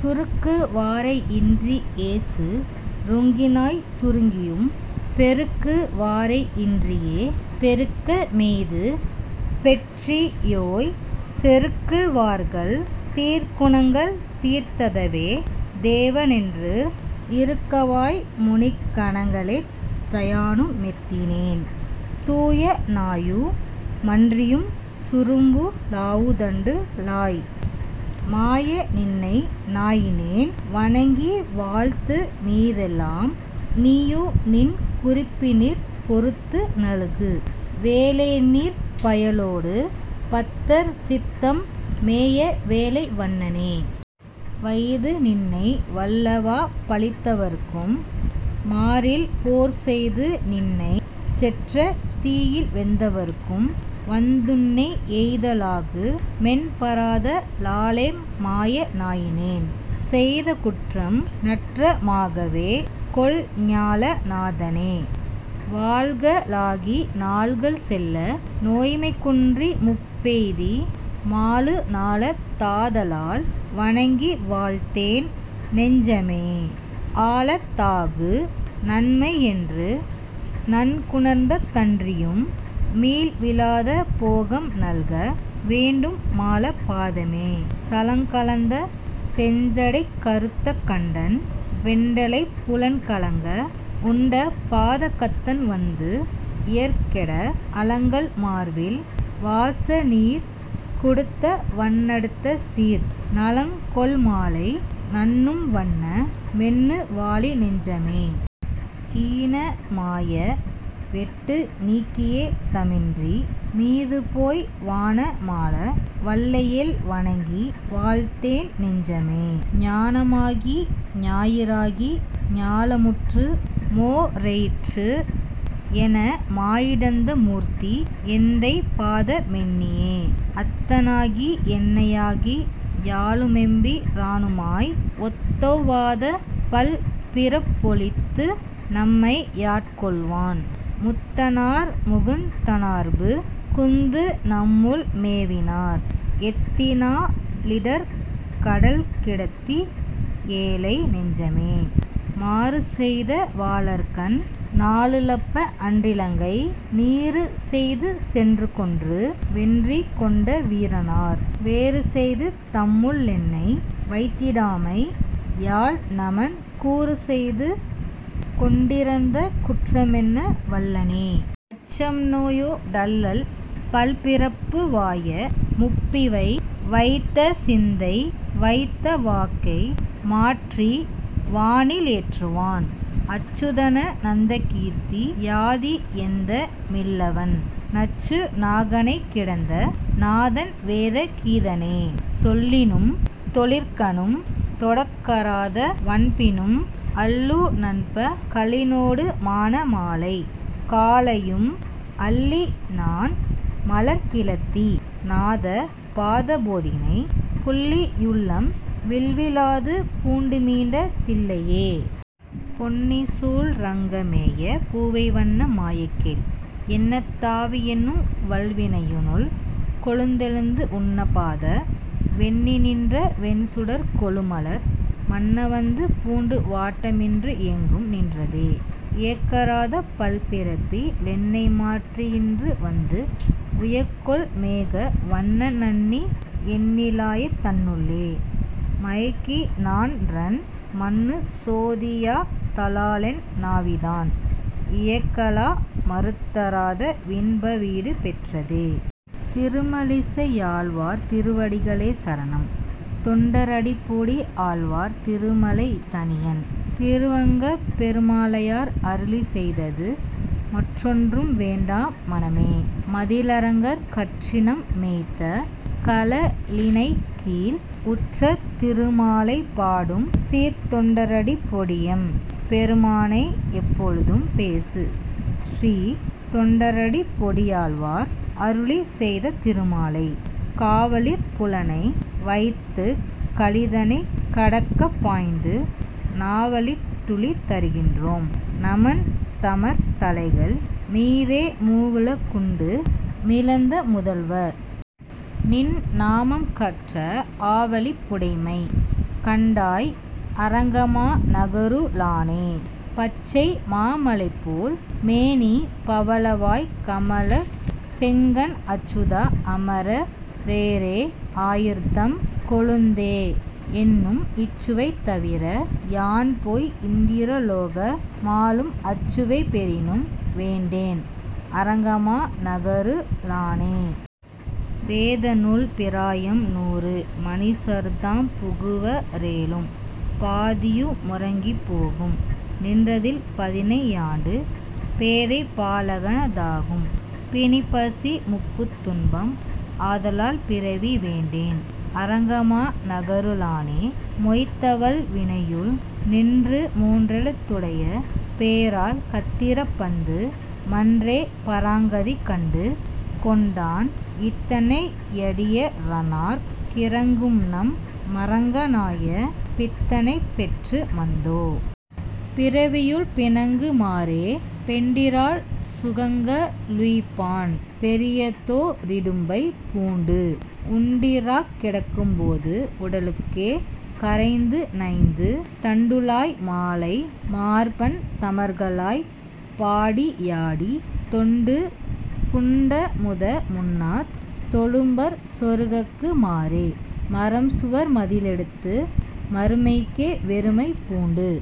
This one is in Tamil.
சுருக்குவாரை யின்றியேசு ருங்கினாய்சு ருங்கியும், பெருக்குவாரை யின்றியேபெ ருக்கமெய்து பெற்றியோய்,। செருக்குவார்கள் தீக்குணங்கள் தீர்த்ததேவ தேவனென்று, இருக்குவாய்மு னிக்கணங்க ளேத்தயானு மேத்தினேன். தூயனாயு மன்றியும்சு ரும்புலாவு தண்டுழாய், மாய. நின்னை நாயினேன்வ ணங்கிவாழ்த்து மீதெலாம், நீயுநின்கு றிப்பினிற்பொ றுத்துநல்கு வேலைநீர்ப், பயலோடு பத்தர்சித்தம் மேயவேலை வண்ணனே. வைதுநின்னை வல்லவாப ழித்தவர்க்கும் மாறில்போர் செய்துநின்னை செற்றதீயில் வெந்தவர்க்கும் வந்துன்னை எய்தலாகு மென்பராத லாலெம்மாய. நாயினேன், செய்தகுற்றம் நற்றமாக வேகொள்ஞால நாதனே. வாள்களாகி நாள்கள்செல்ல நோய்மைகுன்றி மூப்பெய்தி, மாளுநாள தாதலால்வ ணங்கிவாழ்த்தென் நெஞ்சமே, ஆளதாகு நன்மையென்று நன்குணர்ந்த தன்றியும், மீள்விலாத போகம்நல்க வேண்டும்மால பாதமே. சலங்கலந்த செஞ்சடைக்க றுத்தகண்டன் வெண்டலைப் புலன்கலங்க வுண்டபாத கத்தன்வன்து யர்கெட, அலங்கல்மார்வில் வாசநீர்கொ டுத்தவன்ன டுத்தசீர், நலங்கொள்மாலை நண்ணும்வண்ண மெண்ணவாழி நெஞ்சமே. ஈனமாய வெட்டுநீக்கி யேதமின்றி மீதுபோய், வானமாள வல்லையேல்வ ணங்கிவாழ்த்தென் நெஞ்சமே, ஞானமாகி ஞாயிறாகி ஞாலமுற்று மோரெயிற்று, எனமாயி டந்தமூர்த்தி யெந்தைபாத மெண்ணியே. அத்தனாகி யன்னையாகி யாளுமெம்பி ரானுமாய், ஒத்தொவ்வாத பல்பிறப்பொ ழித்துநம்மை யாட்கொள்வான், முத்தனார்மு குந்தனார்பு குந்துநம்முள் மேவினார், எத்தினாலி டர்க்கடல்கி டத்தியேழை நெஞ்சமே. மாறுசெய்த வாளரக்கன் நாளுலப்ப, அன்றிலங்கை நீறுசெய்து சென்றுகொன்று வென்றிகொண்ட வீரனார், வேறுசெய்து தம்முளென்னை வைத்திடாமை யால், நமன் கூறுசெய்து கொண்டிறந்த குற்றமெண்ண வல்லனே. அச்சம்நோயொ டல்லல்பல்பி றப்புவாய முப்பிவை, வைத்தசிந்தை வைத்தவாக்கை மாற்றிவானி லேற்றுவான், அச்சுதன நந்தகீர்த்தி யாதியந்த மில்லவன், நச்சுநாக ணைக்கிடந்த நாதன்வேத கீதனே. சொல்லினும்தொ ழிற்கணும்தொ டக்கறாத வன்பினும், அல்லுநன்ப கலினோடு மானமாலை காலையும், அல்லிநாண்ம லர்க்கிழத்தி நாத. பாத போதினை, புல்லியுள்ளம் விள்விலாது பூண்டுமீண்ட தில்லையே. பொன்னிசூழ்ரங்கமேய பூவைவண்ண. மாய. கேள், என்னதாவி யென்னும்வல்வி னையினுள்கொ ழுந்தெழுந்து, உன்னபாத மென்னிநின்ற வொண்சுடர்க்கொ ழுமலர், மன்னவந்து பூண்டுவாட்ட மின்றுயெங்கும் நின்றதே. இயக்கறாத பல்பிறப்பி லென்னைமாற்றி யின்றுவந்து, உயக்கொள்மேக வண்ணன்நண்ணி யென்னிலாய தன்னுளே, மயக்கினான்றன் மன்னுசோதி யாதலாலென் னாவிதான், இயக்கெலாம றுத்தறாத வின்பவீடு பெற்றதே. திருமழிசையாழ்வார் திருவடிகளே சரணம் தொண்டர் அடிப்பொடி ஆழ்வார் திருமலை தனியன் திருவங்கப்பெருமாளரையர் அருளிச்செய்தது மற்றொன்றும் வேண்டா மனமே. மதிளரங்கர், கற்றினம் மேய்த்த கழலிணைக்கீழ்,- உற்ற திருமாலை பாடும்சீர்த் தொண்டரடிப்பொடியம் பெருமானை, எப்பொழுதும் பேசு. ஸ்ரீ தொண்டரடிப்பொடியாழ்வார் அருளிச்செய்த திருமாலை காவலிற் புலனை வைத்துக் கலிதனைக் கடக்கப் பாய்ந்து, நாவலிட் டுழிதரு கின்றோம் நமன்தமர் தலைகள் மீதே, மூவுல குண்டு மிழந்த முதல்வ. நின் நாமம் கற்ற, ஆவலிப் புடைமை கண்டாய் அரங்கமா நகரு ளானே. பச்சைமா மலைபோல் மேனி பவளவாய் கமலச் செங்கண் அச்சுதா. அமர ரேறே. ஆயர்தம் கொழுந்தே. என்னும், இச்சுவை தவிர யான்போய் இந்திர லோக மாளும், அச்சுவை பெறினும் வேண்டேன் அரங்கமா நகரு ளானே. வேதநூல் பிராயம் நூறு மனிசர்தாம் புகுவ ரேலும், பாதியு முறங்கிப் போகும் நின்றதில் பதினை யாண்டு, பேதைபா லகன தாகும் பிணிபசி முப்புத் துன்பம், ஆதலால் பிறவி வேண்டேன் அரங்கமா நகரு ளானே. மொய்த்தவல் வினையுள் நின்று மூன்றெழுத் துடைய பேரால், கத்திர பந்து மன்றே பராங்கதி கண்டு கொண்டான், இத்தனை யடிய ரனார்க் கிரங்கும்நம் மரங்க னாய பித்தனைப் பெற்று மந்தோ. பிறவியுள் பிணங்கு மாறே. பெண்டிரால் சுகங்க ளுய்ப்பான் பெரியதோ ரிடும்பை புண்டு உண்டிராக் கிடக்கும் போது உடலுக்கே கரைந்து நைந்து, தண்டுழாய் மாலை மார்பன் தமர்களாய்ப் பாடி யாடி, தொண்டுபூண் டமுத முண்ணாத் தொழும்பர்சொ றுகக்கு மாறே. மறம்சுவர் மதிளெ டுத்து மறுமைக்கே வெறுமை பூண்டு,